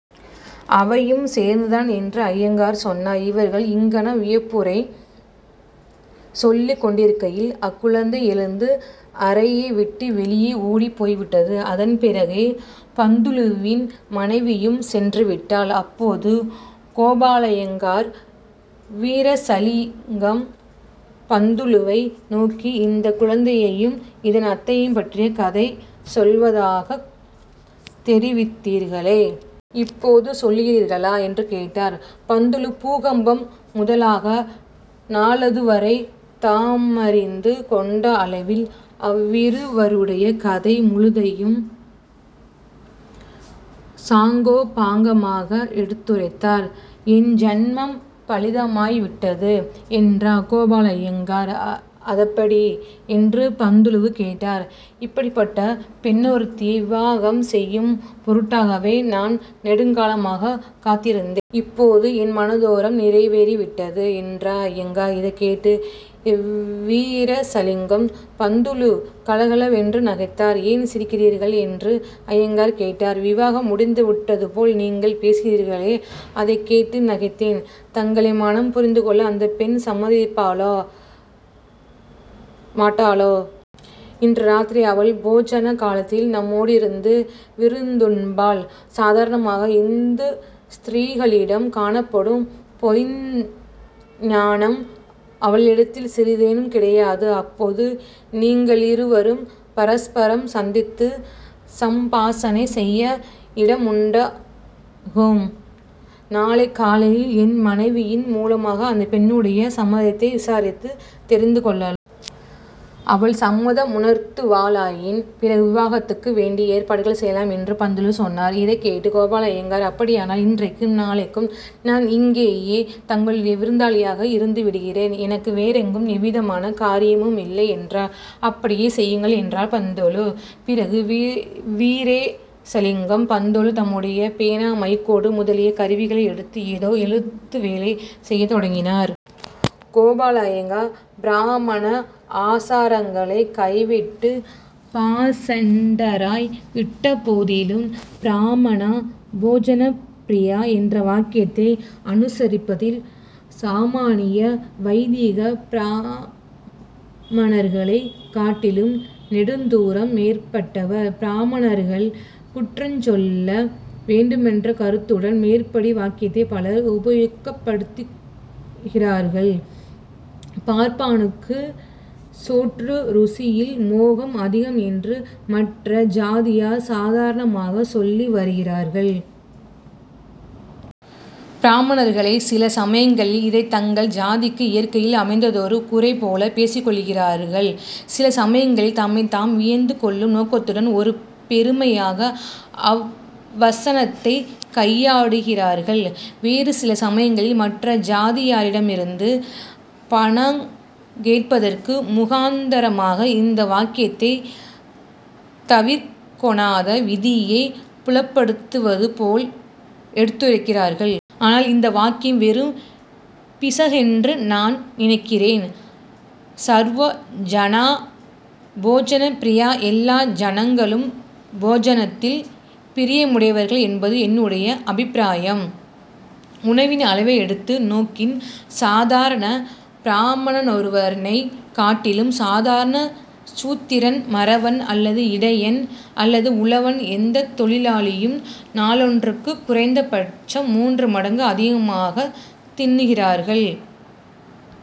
''அவையும் சேர்ந்துதான்'' என்று அய்யங்கார் சொன்னார். இவர்கள் இங்ஙனம் வியப்புரை சொல்லிக் கொண்டிருக்கையில் அக்குழந்தை எழுந்து அறையை விட்டு வெளியே ஓடிப் போய்விட்டது. அதன் பிறகே பந்துலுவின் மனைவியும் சென்றுவிட்டாள். அப்போது கோபாலய்யங்கார் வீரேசலிங்கம் பந்துலுவை நோக்கி, ''இந்தக் குழந்தையையும் இதன் அத்தையையும் பற்றிய கதை சொல்வதாகத் தெரிவித்தீர்களே? இப்போது சொல்லுகிறீர்களா? '' என்று கேட்டார். பந்துலு பூகம்பம் முதலாக நாளதுவரை தாமறிந்து கொண்ட அளவில் அவ்விருவருடைய கதை முழுதையும் சாங்கோபாங்கமாக எடுத்துரைத்தார். ''என் ஜன்மம் பலிதமாய் விட்டது'' என்றார் கோபாலய்யங்கார். ''அதெப்படி? '' என்று பந்துலு கேட்டார். ''இப்படிப்பட்ட பெண்ணொருத்தியை விவாகம் செய்யும் பொருட்டாகவே நான் நெடுங்காலமாகக் காத்திருந்தே. இப்போது என் மனதோரம் நிறைவேறிவிட்டது'' என்றார் அய்யங்கார். இதைக் கேட்டு வீரேசலிங்கம் பந்துலு கலகலவென்று நகைத்தார். ''ஏன் சிரிக்கிறீர்கள்? '' என்று அய்யங்கார் கேட்டார். ''விவாகம் முடிந்து விட்டதுபோல் நீங்கள் பேசுகிறீர்களே! அதைக் கேட்டு நகைத்தேன். தங்களை மணம் புரிந்து கொள்ள அந்தப் பெண் சம்மதிப்பாளோ மாட்டாளோ? இன்று ராத்திரி அவள் போஜன காலத்தில் நம்மோடிருந்து விருந்துண்பாள். சாதாரணமாக, இந்து ஸ்திரீகளிடம் காணப்படும் பொய்ந்நாணம் அவளிடத்தில் சிறிதேனும் கிடையாது. அப்போது நீங்களிருவரும் பரஸ்பரம் சந்தித்து சம்பாஷணை செய்ய இடமுண்டாகும். நாளைக் காலையில் என் மனைவியின் மூலமாக அந்தப் பெண்ணுடைய சம்மதத்தை விசாரித்துத் தெரிந்து கொள்ளலா. அவள் சம்மதமுணர்த்துவாளாயின், பிறகு விவாகத்துக்கு வேண்டிய ஏற்பாடுகள் செய்யலாம்'' என்று பந்துலு சொன்னார். இதைக் கேட்டு கோபாலய்யங்கார் ''அப்படியானால் இன்றைக்கும் நாளைக்கும் நான் இங்கேயே தங்களுடைய விருந்தாளியாக இருந்து விடுகிறேன். எனக்கு வேறெங்கும் எவ்விதமான காரியமுமில்லை'' என்றார். ''அப்படியே செய்யுங்கள்'' என்றார் பந்துலு. பிறகு வீரேசலிங்கம் பந்துலு தம்முடைய பேனா மைக்கூடு முதலிய கருவிகளை எடுத்து ஏதோ எழுத்து வேலை செய்யத் தொடங்கினார். கோபாலய்யங்கார் பிராமண ஆசாரங்களைக் கைவிட்டுப் பாஷண்டராய் விட்டபோதிலும், ''பிராமணா: போஜனப்ரியா: '' என்ற வாக்கியத்தை அனுசரிப்பதில் சாமான்ய வைதிக பிராமணர்களைக் காட்டிலும் நெடுந்தூரம் மேற்பட்டவர். பிராமணர்கள் குற்றஞ் சொல்ல வேண்டுமென்ற கருத்துடன் மேற்படி வாக்கியத்தைப் பலர் உபயோகப்படுத்துகிறார்கள். 'பார்ப்பானுக்குச் சோற்று ருசியில் மோகம் அதிகம்' என்று மற்ற ஜாதியார் சாதாரணமாகச் சொல்லி வருகிறார்கள். பிராமணர்களே சில சமயங்களில் இதைத் தங்கள் ஜாதிக்கு இயற்கையில் அமைந்ததொரு குறை போல பேசிக்கொள்ளுகிறார்கள். சில சமயங்களில் தம்மைத் தாம் வியந்து கொள்ளும் நோக்கத்துடன் ஒரு பெருமையாக அவ்வசனத்தைக் கையாடுகிறார்கள். வேறு சில சமயங்களில் மற்ற ஜாதியாரிடமிருந்து பணங் கேட்பதற்கு முகாந்தரமாக இந்த வாக்கியத்தைத் தவிர்க்கொணாத விதியைப் புலப்படுத்துவது போல் எடுத்துரைக்கிறார்கள். ஆனால் இந்த வாக்கியம் வெறும் பிசகென்று நான் நினைக்கிறேன். ''ஸர்வோ ஜநா: போஜனப்பிரியா:'' எல்லா ஜனங்களும் போஜனத்தில் பிரியமுடையவர்கள் என்பது என்னுடைய அபிப்பிராயம். உணவின் அளவை எடுத்து நோக்கின் சாதாரண பிராமணனொருவனைக் காட்டிலும் சாதாரண சூத்திரன் மறவன், அல்லது இடையன், அல்லது உழவன், எந்தத் தொழிலாளியும்-நாளொன்றுக்குக் குறைந்த பட்சம் மூன்று மடங்கு அதிகமாகத் தின்னுகிறார்கள்.